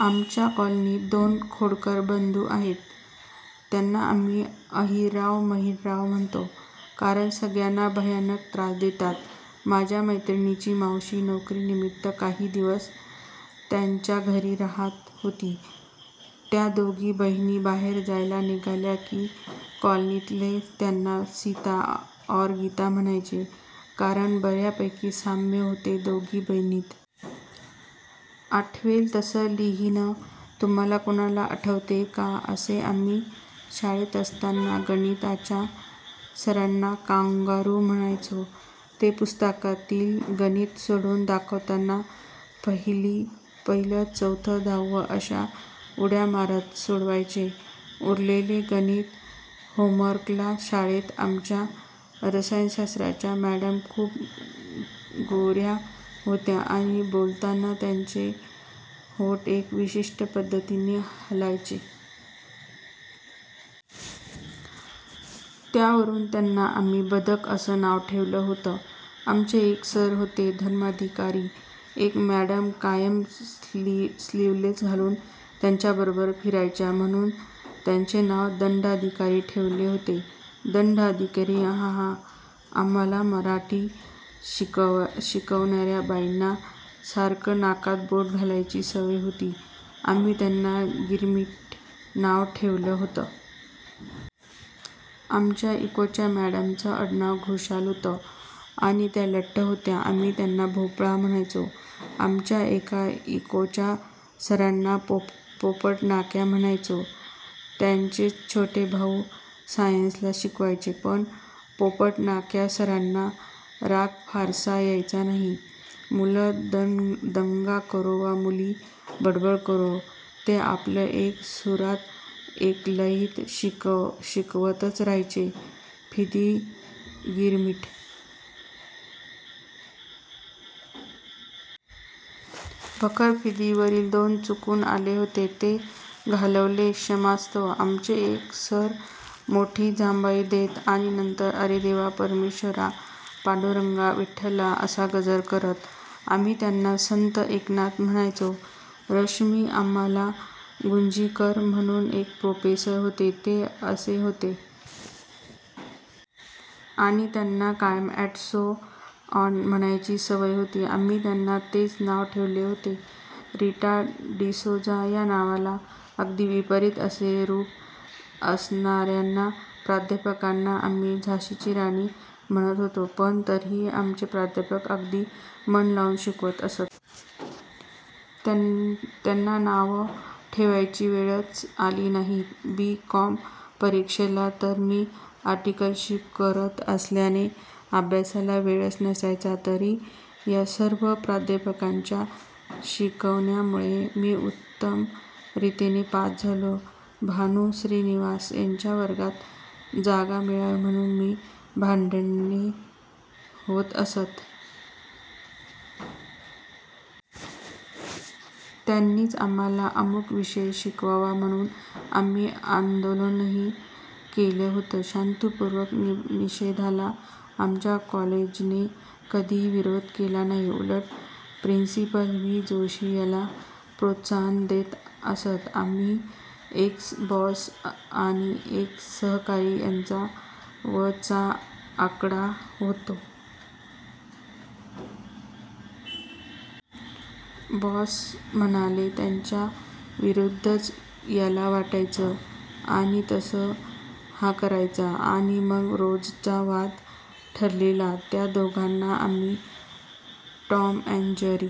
आमच्या कॉलनीत दोन खोडकर बन्धू आहेत. त्याना आम्ही अहीरावण-महीरावण म्हणतो. कारण सगळ्याना भयानक त्रास देतात. माझ्या मैत्रिणीची मावशी नोकरीनिमीत्त काही दिवस त्यान्च्या घरी रहात होती. त्या दोघी बहिणी बाहेर जायला निघाल्या की कॉलनीतले त्याना सीता और गीता म्हणायचे कारण बर्यापैकी साम्य होते दोघी बहिणीत. आठवेल तसे लिहीन, तुम्हाला कोणाला आठवते का असे? आम्ही शाळेत असताना गणिताच्या सरांना कांगारु म्हणायचो. ते पुस्तकातली गणित सोडवुन दाखवताना पहील्, चौथ, दहाव अश्या उड्या मारत सोडवायचे. उरलेली गणित होमवर्कला.. शाळेत आमच्या रसायनशास्त्राच्या मॅडम खूप गोर्या होत्या आणि बोलताना त्यांचे ओठ एका विशिष्ठ पद्धतीने हलायचे. त्यावरुन त्यांना आम्ही "बदक" असं नाव ठेवलं होतं. आमचे एक सर होते धर्माधिकारी. एक म्याडम कायम स्लीवलेस घालुन त्यांच्याबरोबर फिरायच्या. म्हणुन त्यांचे नाव दंडाधिकारी ठेवले होते. दन्डाधिकारी.:हाहा:आम्हाला मराठी शिकवणार्या बाईंना सारखं नाकात बोट घालायची सवय होती आम्ही त्यांना 'गिरमिट' नाव ठेवलं होत. आमच्या इकोच्या मॅडमचं आडनाव घोषाल होतं आणि त्या लठ्ठ होत्या आम्ही त्यांना भोपाळ म्हणायचो. आमच्या एका इकोच्या सराना पोपटनाक्या म्हणायचे, त्यान्चेच छोटे भाऊ सायन्सला शिकवायचे. पण पोपटनाक्या सराना राग फारसा यायचा नाही. मुल दन्गा करो, वा मुली बडबड करो, ते आपले एक सुरात, एका लयीत शिकवतच रहायचे.:फिदी:गिरमीट, बखर.:फिदी:वरील दोन चुकून आले होते.. ते घालवले.. क्षमस्व.. आमचे एक सर मोठ्ठी जांभई देत आणि नंतर "अरे देवा, परमेश्वरा, पांडुरंगा, विठठला" असा गजर करत. आम्ही त्यांना संत एकनाथ म्हणायचो. रश्मी, आम्हाला गुंजीकर म्हणून एक प्रोफेसर होते, ते असे होते. आणि त्यांना कायम अॅंड सो ऑन, म्हणायची सवय होती.. आम्ही त्यांना तेच नाव ठेवले होते. रिटा डिसोझा या नावाला अगदी विपरीत असे रुप असणार्या प्राध्यापिकांना आम्ही झाशीची राणी म्हणत होतो. पण तरीही आमचे प्राध्यापक अगदी मन लावून शिकवत असत. त्यांना नावे ठेवायची वेळच आली नाही. बी कॉम परीक्षेला तर मी आर्टिकलशिप करत असल्याने, अभ्यासाला वेळच नसायचा. तरी या सर्व प्राध्यापकांच्या शिकवण्यामूळे मी उत्तम रितीने पास झालो. भानू श्रीनिवासन यांच्या वर्गात जागा मि़ळावी म्हणून भांडणे होत असत. त्यांनीच आम्हाला अमूक विषय शिकवावा म्हणून आम्ही आंदोलनही केले होते. शांततापूर्ण निषेधाला आमच्या कॉलेजने कधीही विरोध केला नाही. उलट प्रिन्सिपल व्ही. जोशी याला प्रोत्साहनच देत असत. माझे एक्स बॉस आणि एक सहकारी यांचा व चा आकडा होता. बॉस म्हणेल त्याच्या विरुद्धच याला वाटायचं आणि तसंच हा करायचा आणि मग रोजचा वाद ठरलेला. त्या दोघांना आम्ही टॉम आणि जेरी